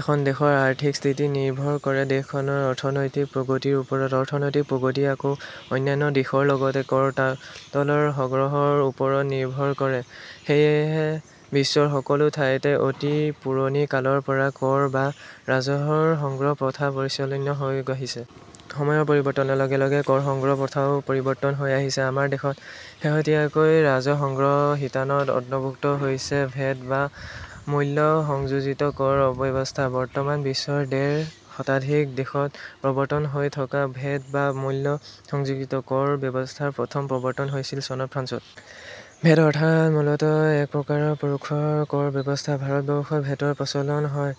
এখন দেশৰ আৰ্থিক স্থিতি নিৰ্ভৰ কৰে দেশখনৰ অৰ্থনৈতিক প্ৰগতিৰ ওপৰত। অৰ্থনৈতিক প্ৰগতি আকৌ অন্যান্য দিশৰ লগতে কৰ-কাটল সগ্ৰহৰ ওপৰতো নিৰ্ভৰ কৰে। সেয়েহে বিশ্বৰ সকলো ঠাইতে অতি পুৰণি কালৰ পৰা কৰ বা ৰাজহৰ সংগ্ৰহ প্ৰথা প্ৰচলন হৈ আহিছে। সময়ৰ পৰিৱৰ্তনৰ লগে লগে কৰ সংগ্ৰহ প্ৰথাও পৰিৱৰ্তন হৈ আহিছে। আমাৰ দেশত শেহতীয়াকৈ ৰাজহ সংগ্ৰহ শিতানত অন্তৰ্ভুক্ত হৈছে ভেট বা মূল্য সংযোজিত কৰ ব্যৱস্থা। বৰ্তমান বিশ্বৰ ডেৰ শতাধিক দেশত প্ৰৱৰ্তন হৈ থকা ভেট বা মূল্য সংযোজিত কৰ ব্যৱস্থাৰ প্ৰথম প্ৰৱৰ্তন হৈছিল চনত ফ্ৰান্সত। ভেট অৰ্থাৎ মূলতঃ একপ্ৰকাৰৰ পৰোক্ষ কৰ ব্যৱস্থা। ভাৰতবৰ্ষত ভেটৰ প্ৰচলন হয়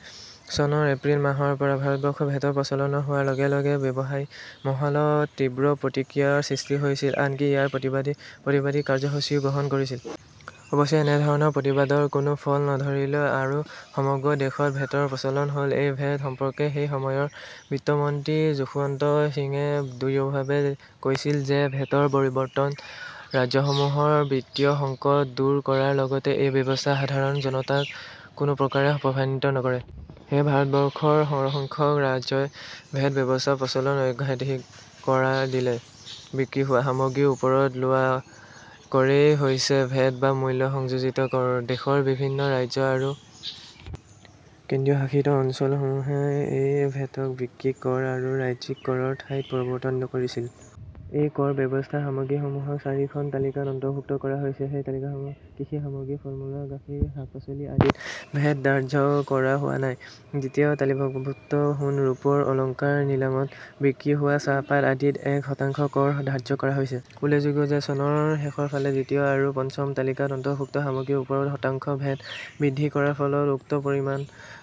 চনৰ এপ্ৰিল মাহৰ পৰা। ভাৰতবৰ্ষত ভেটৰ প্ৰচলন হোৱাৰ লগে লগে ব্যৱসায়ী মহলত তীব্ৰ প্ৰতিক্ৰিয়াৰ সৃষ্টি হৈছিল৷ আনকি ইয়াৰ প্ৰতিবাদত প্ৰতিবাদী কাৰ্যসূচীও গ্ৰহণ কৰিছিল। অৱশ্যে এনেধৰণৰ প্ৰতিবাদৰ কোনো ফল নধৰিলে আৰু সমগ্ৰ দেশতে ভেটৰ প্ৰচলন হ'ল। এই ভেট সম্পৰ্কে সেই সময়ৰ বিত্তমন্ত্ৰী যশোৱন্ত সিঙে দৃঢ়ভাৱে কৈছিল যে ভেটৰ পৰিবৰ্তনে ৰাজ্যসমূহৰ বিত্তীয় সংকট দূৰ কৰাৰ লগতে এই ব্যৱস্থাই সাধাৰণ জনতাক কোনোপ্ৰকাৰে প্ৰভাৱান্বিত নকৰে। সেয়ে ভাৰতবৰ্ষৰ সৰহসংখ্যক ৰাজ্যই ভেট ব্যৱস্থা প্ৰচলনত অগ্ৰাধিকাৰ দিলে। বিক্ৰী হোৱা সামগ্ৰীৰ ওপৰত লোৱা কৰেই হৈছে ভেট বা মূল্য সংযোজিত কৰ। দেশৰ বিভিন্ন ৰাজ্য আৰু কেন্দ্ৰীয়শাসিত অঞ্চলসমূহে এই ভেটক বিক্ৰী কৰ আৰু ৰাজ্যিক কৰৰ ঠাইত প্ৰৱৰ্তন নকৰিছিল। এই কৰ ব্যৱস্থাৰ সামগ্ৰীসমূহক চাৰিখন তালিকাত অন্তৰ্ভূক্ত কৰা হৈছে। সেই তালিকামৰ্মে কৃষি সামগ্ৰী, ফলমূল, গাখীৰ, শাক-পাচলি আদিত ভেট ধাৰ্য কৰা হোৱা নাই। দ্বিতীয় তালিকাভুক্ত সোণ-ৰূপৰ অলংকাৰ, নিলামত বিক্ৰী হোৱা চাহপাত আদিত এক শতাংশ কৰ ধাৰ্য কৰা হৈছে। উল্লেখযোগ্য যে চনৰ শেষৰফালে দ্বিতীয় আৰু পঞ্চম তালিকাত অন্তৰ্ভুক্ত সামগ্ৰীৰ ওপৰত শতাংশ ভেট বৃদ্ধি কৰাৰ ফলত উক্ত পৰিমাণ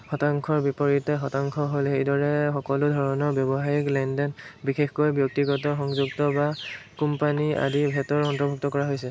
শতাংশৰ বিপৰীতে শতাংশ হ'ল। সেইদৰে সকলো ধৰণৰ ব্যৱসায়িক লেনদেন, বিশেষকৈ ব্যক্তিগত, সংযুক্ত বা কোম্পানী আদি ভেটৰ অন্তৰ্ভুক্ত কৰা হৈছে।